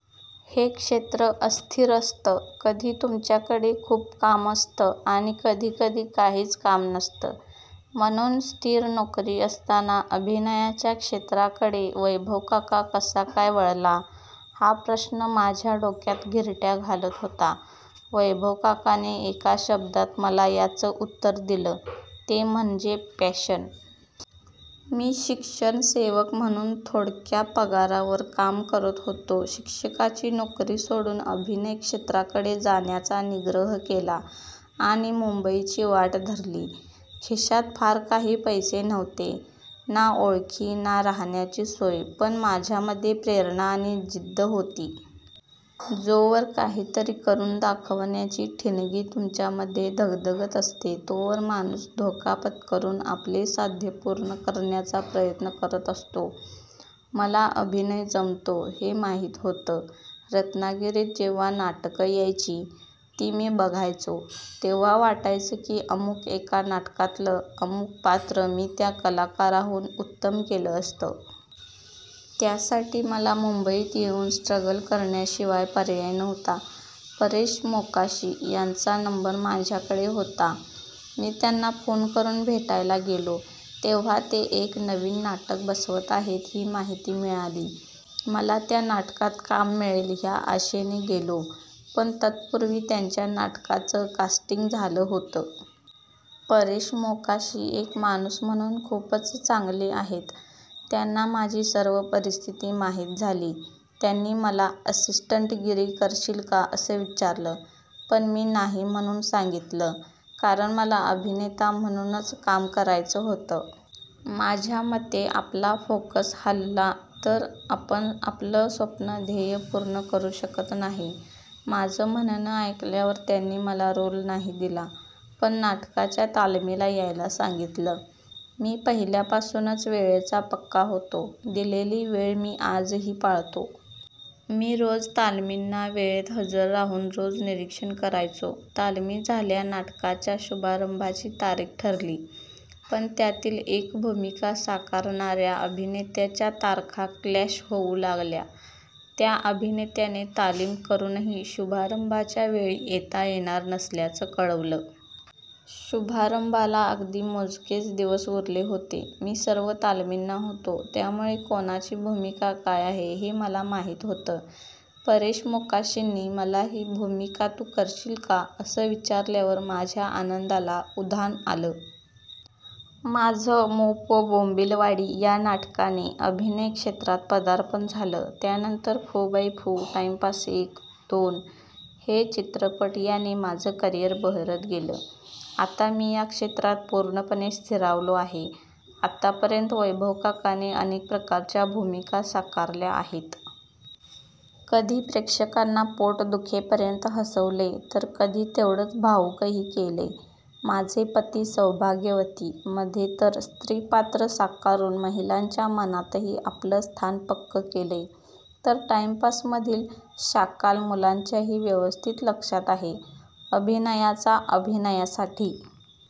​हे क्षेत्र अस्थिर असतं. कधी तुमच्याकडे खूप काम असतं आणि कधी कधी काहीच काम नसतं. म्हणून स्थिर नोकरी असताना अभिनयाच्या क्षेत्राकडे वैभवकाका कसा काय वळला, हा प्रश्न माझ्या डोक्यात घिरट्या घालत होता. वैभवकाकाने एका शब्दात मला याचं उत्तर दिलं, ते म्हणजे पॅशन! मी शिक्षण सेवक म्हणून थोडक्या पगारावर काम करत होतो. शिक्षकाची नोकरी सोडून अभिनय क्षेत्राकडे जाण्याचा निग्रह केला आणि मुंबईची वाट धरली. खिशात फार काही पैसे नव्हते, ना ओळखी, ना राहण्याची सोय; पण माझ्यामध्ये प्रेरणा आणि जिद्द होती. जोवर काहीतरी करून दाखवण्याची ठिणगी तुमच्यामध्ये धगधगत असते, तोवर माणूस धोका पत्करून आपले साध्य पूर्ण करण्याचा प्रयत्न करत असतो. मला अभिनय जमतो हे माहीत होतं. रत्नागिरीत जेव्हा नाटकं यायची, ती मी बघायचो; तेव्हा वाटायचं की अमुक एका नाटकातलं अमुक पात्र मी त्या कलाकाराहून उत्तम केलं असतं. त्यासाठी मला मुंबईत येऊन स्ट्रगल करण्याशिवाय पर्याय नव्हता. परेश मोकाशी यांचा नंबर माझ्याकडे होता. मी त्यांना फोन करून भेटायला गेलो. तेव्हा ते एक नवीन नाटक बसवत आहेत, ही माहिती मिळाली. मला त्या नाटकात काम मिळेल ह्या आशेने गेलो, पण तत्पूर्वी त्यांच्या नाटकाचं कास्टिंग झालं होतं. परेश मोकाशी एक माणूस म्हणून खूपच चांगले आहेत. त्यांना माझी सर्व परिस्थिती माहीत झाली. त्यांनी मला असिस्टंटगिरी करशील का असं विचारलं... पण मी नाही म्हणून सांगितलं, कारण मला अभिनेता म्हणूनच काम करायचं होतं. माझ्या मते आपला फोकस हलला तर आपण आपलं स्वप्न, ध्येय पूर्ण करू शकत नाही. माझं म्हणणं ऐकल्यावर त्यांनी मला रोल नाही दिला, पण नाटकाच्या तालमीला यायला सांगितलं. मी पहिल्यापासूनच वेळेचा पक्का होतो. दिलेली वेळ मी आजही पाळतो. मी रोज तालमींना वेळेत हजर राहून रोज निरीक्षण करायचो. तालमी झाल्या, नाटकाच्या शुभारंभाची तारीख ठरली. पण त्यातील एक भूमिका साकारणाऱ्या अभिनेत्याच्या तारखा क्लॅश होऊ लागल्या. त्या अभिनेत्याने तालीम करूनही शुभारंभाच्या वेळी येता येणार नसल्याचं कळवलं. शुभारंभाला अगदी मोजकेच दिवस उरले होते. मी सर्व तालमींना होतो, त्यामुळे कोणाची भूमिका काय आहे, हे मला माहीत होतं. परेश मोकाशींनी मला ही भूमिका तू करशील का, असं विचारल्यावर माझ्या आनंदाला उधाण आलं. माझं 'मु. पो. बोंबीलवाडी' या नाटकाने अभिनय क्षेत्रात पदार्पण झालं. त्यानंतर 'फु बाई फु', 'टाईमपास एक', 'दोन' हे चित्रपट याने माझं करिअर बहरत गेलं. आता मी या क्षेत्रात पूर्णपणे स्थिरावलो आहे. आतापर्यंत वैभवकाकाने अनेक प्रकारच्या भूमिका साकारल्या आहेत. कधी प्रेक्षकांना पोट दुखेपर्यंत हसवलंय तर कधी तेवढंच भावुकही केलंय. 'माझे पती सौभाग्यवती'मध्ये तर स्त्रीपात्र साकारून महिलांच्या मनातही आपलं स्थान पक्कं केलंय. तर 'टाईमपास'मधील शाकाल मुलांच्याही व्यवस्थित लक्षात आहे. अभिनयाचा अभिनयासाठी